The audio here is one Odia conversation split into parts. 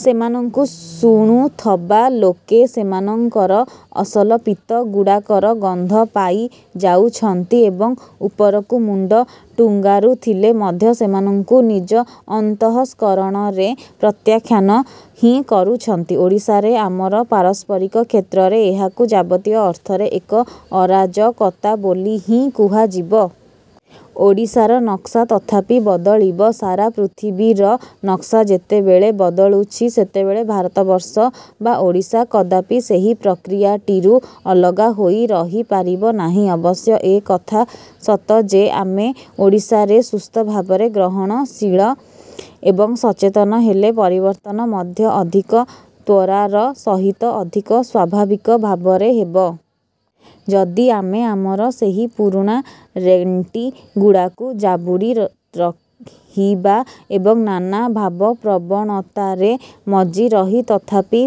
ସେମାନଙ୍କୁ ଶୁଣୁଥବା ଲୋକେ ସେମାନଙ୍କର ଅସଲ ପିତ୍ତ ଗୁଡ଼ାକର ଗନ୍ଧ ପାଇ ଯାଉଛନ୍ତି ଏବଂ ଉପରକୁ ମୁଣ୍ଡ ଟୁଙ୍ଗାରୁଥିଲେ ମଧ୍ୟ ସେମାନଙ୍କୁ ନିଜ ଅନ୍ତଃସ୍କରଣରେ ପ୍ରତ୍ୟାଖ୍ୟାନ ହିଁ କରୁଛନ୍ତି। ଓଡ଼ିଶାରେ ଆମର ପାରସ୍ପରିକ କ୍ଷେତ୍ରରେ ଏହାକୁ ଯାବତୀୟ ଅର୍ଥରେ ଏକ ଅରାଜକତା ବୋଲି ହିଁ କୁହାଯିବ। ଓଡ଼ିଶାର ନକ୍ସା ତଥାପି ବଦଳିବ। ସାରା ପୃଥିବୀର ନକ୍ସା ଯେତେବେଳେ ବଦଳୁଛି, ସେତେବେଳେ ଭାରତବର୍ଷ ବା ଓଡ଼ିଶା କଦାପି ସେହି ପ୍ରକ୍ରିୟାଟିରୁ ଅଲଗା ହୋଇ ରହିପାରିବ ନାହିଁ। ଅବଶ୍ୟ ଏକଥା ସତ ଯେ ଆମେ ଓଡ଼ିଶାରେ ସୁସ୍ଥ ଭାବରେ ଗ୍ରହଣଶୀଳ ଏବଂ ସଚେତନ ହେଲେ ପରିବର୍ତ୍ତନ ମଧ୍ୟ ଅଧିକ ତ୍ୱରାର ସହିତ ଅଧିକ ସ୍ୱାଭାବିକ ଭାବରେ ହେବ। ଯଦି ଆମେ ଆମର ସେହି ପୁରୁଣା ରେଣ୍ଟିଗୁଡ଼ାକୁ ଯାବୁଡ଼ି ରହିବା ଏବଂ ନାନା ଭାବପ୍ରବଣତାରେ ମଜି ରହି ତଥାପି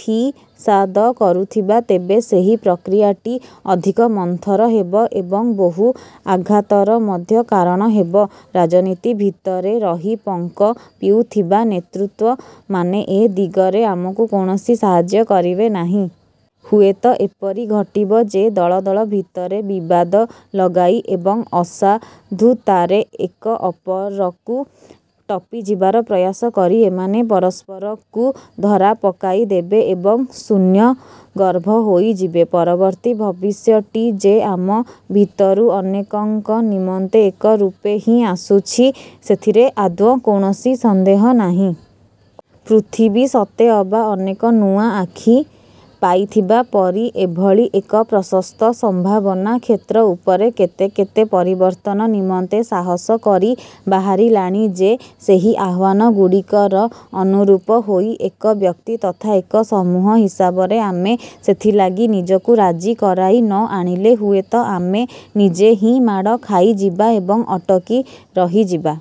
ଫିସାଦ କରୁଥିବା, ତେବେ ସେହି ପ୍ରକ୍ରିୟାଟି ଅଧିକ ମନ୍ଥର ହେବ ଏବଂ ବହୁ ଆଘାତର ମଧ୍ୟ କାରଣ ହେବ। ରାଜନୀତି ଭିତରେ ରହି ପଙ୍କ ପିଉଥିବା ନେତୃତ୍ୱମାନେ ଏ ଦିଗରେ ଆମକୁ କୌଣସି ସାହାଯ୍ୟ କରିବେ ନାହିଁ। ହୁଏତ ଏପରି ଘଟିବ ଯେ, ଦଳ ଦଳ ଭିତରେ ବିବାଦ ଲଗାଇ ଏବଂ ଅସାଧୁତାରେ ଏକ ଅପରକୁ ଟପିଯିବାର ପ୍ରୟାସ କରି ଏମାନେ ପରସ୍ପରକୁ ଧରା ପକାଇଦେବେ ଏବଂ ଶୂନ୍ୟଗର୍ଭ ହୋଇଯିବେ। ପରବର୍ତ୍ତୀ ଭବିଷ୍ୟଟି ଯେ ଆମ ଭିତରୁ ଅନେକଙ୍କ ନିମନ୍ତେ ଏକ ରୂପେ ହିଁ ଆସୁଛି, ସେଥିରେ ଆଦୌ କୌଣସି ସନ୍ଦେହ ନାହିଁ। ପୃଥିବୀ ସତେଅବା ଅନେକ ନୂଆ ଆଖି ପାଇଥିବା ପରି ଏଭଳି ଏକ ପ୍ରଶସ୍ତ ସମ୍ଭାବନାକ୍ଷେତ୍ର ଉପରେ କେତେ କେତେ ପରିବର୍ତ୍ତନ ନିମନ୍ତେ ସାହସ କରି ବାହାରିଲାଣି ଯେ ସେହି ଆହ୍ୱାନ ଗୁଡ଼ିକର ଅନୁରୂପ ହୋଇ ଏକ ବ୍ୟକ୍ତି ତଥା ଏକ ସମୂହ ହିସାବରେ ଆମେ ସେଥିଲାଗି ନିଜକୁ ରାଜି କରାଇ ନ ଆଣିଲେ ହୁଏତ ଆମେ ନିଜେ ହିଁ ମାଡ଼ ଖାଇଯିବା ଏବଂ ଅଟକି ରହିଯିବା।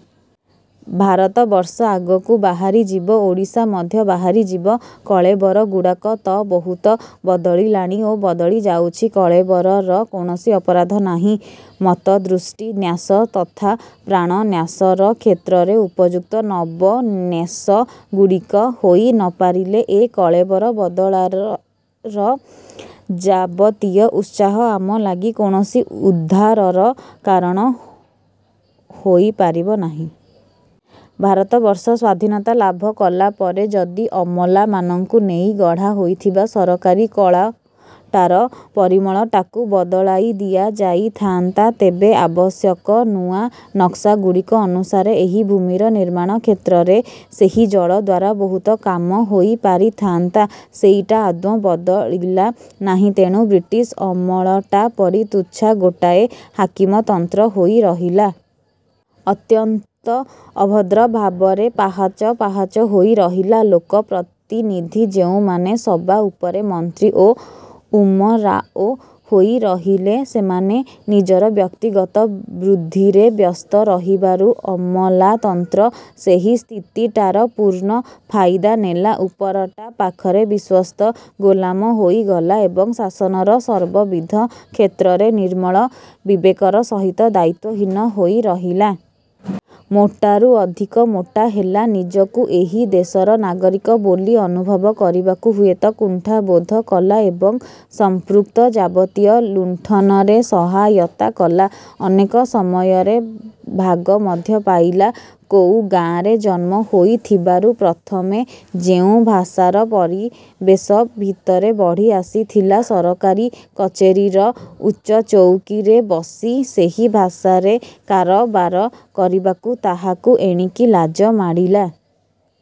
ଭାରତବର୍ଷ ଆଗକୁ ବାହାରିଯିବ। ଓଡ଼ିଶା ମଧ୍ୟ ବାହାରିଯିବ। କଳେବରଗୁଡ଼ାକ ତ ବହୁତ ବଦଳିଲାଣି ଓ ବଦଳି ଯାଉଛି। କଳେବରର କୌଣସି ଅପରାଧ ନାହିଁ। ମତ୍ଦୃଷ୍ଟିନ୍ୟାସ ତଥା ପ୍ରାଣନ୍ୟାସର କ୍ଷେତ୍ରରେ ଉପଯୁକ୍ତ ନବୋନ୍ମେଷ ଗୁଡ଼ିକ ହୋଇ ନପାରିଲେ ଏ କଳେବର ବଦଳାର ଯାବତୀୟ ଉତ୍ସାହ ଆମ ଲାଗି କୌଣସି ଉଦ୍ଧାରର କାରଣ ହୋଇପାରିବ ନାହିଁ। ଭାରତବର୍ଷ ସ୍ଵାଧୀନତା ଲାଭ କଲାପରେ ଯଦି ଅମଲାମାନଙ୍କୁ ନେଇ ଗଢ଼ା ହୋଇଥିବା ସରକାରୀ କଳଟାର ପରିମଳଟାକୁ ବଦଳାଇ ଦିଆଯାଇଥାନ୍ତା, ତେବେ ଆବଶ୍ୟକ ନୂଆ ନକ୍ସାଗୁଡ଼ିକ ଅନୁସାରେ ଏହି ଭୂମିର ନିର୍ମାଣ କ୍ଷେତ୍ରରେ ସେହି ଜଳ ଦ୍ଵାରା ବହୁତ କାମ ହୋଇପାରିଥାନ୍ତା। ସେଇଟା ଆଦୌ ବଦଳିଲା ନାହିଁ, ତେଣୁ ବ୍ରିଟିଶ୍ ଅମଳଟା ପରି ତୁଚ୍ଛା ଗୋଟାଏ ହାକିମତନ୍ତ୍ର ହୋଇ ରହିଲା। ଅତ୍ୟନ୍ତ ଅଭଦ୍ର ଭାବରେ ପାହାଚ ପାହାଚ ହୋଇ ରହିଲା। ଲୋକପ୍ରତିନିଧି ଯେଉଁମାନେ ସବା ଉପରେ ମନ୍ତ୍ରୀ ଓ ଉମରାଓ ହୋଇରହିଲେ, ସେମାନେ ନିଜର ବ୍ୟକ୍ତିଗତ ବୃଦ୍ଧିରେ ବ୍ୟସ୍ତ ରହିବାରୁ ଅମଲାତନ୍ତ୍ର ସେହି ସ୍ଥିତିଟାର ପୂର୍ଣ୍ଣ ଫାଇଦା ନେଲା। ଉପରଟା ପାଖରେ ବିଶ୍ୱସ୍ତ ଗୋଲାମ ହୋଇଗଲା ଏବଂ ଶାସନର ସର୍ବବିଧ କ୍ଷେତ୍ରରେ ନିର୍ମଳ ବିବେକର ସହିତ ଦାୟିତ୍ୱହୀନ ହୋଇରହିଲା। ମୋଟାରୁ ଅଧିକ ମୋଟା ହେଲା ନିଜକୁ ଏହି ଦେଶର ନାଗରିକ ବୋଲି ଅନୁଭବ କରିବାକୁ ହୁଏତ କୁଣ୍ଠାବୋଧ କଲା ଏବଂ ସଂପୃକ୍ତ ଯାବତୀୟ ଲୁଣ୍ଠନରେ ସହାୟତା କଲା ଅନେକ ସମୟରେ ଭାଗ ମଧ୍ୟ ପାଇଲା। କୋଉ ଗାଆଁରେ ଜନ୍ମ ହୋଇଥିବାରୁ ପ୍ରଥମେ ଯେଉଁ ଭାଷାର ପରିବେଶ ଭିତରେ ବଢ଼ି ଆସିଥିଲା ସରକାରୀ କଚେରୀର ଉଚ୍ଚ ଚଉକୀରେ ବସି ସେହି ଭାଷାରେ କାରବାର କରିବାକୁ ତାହାକୁ ଏଣିକି ଲାଜ ମାଡ଼ିଲା।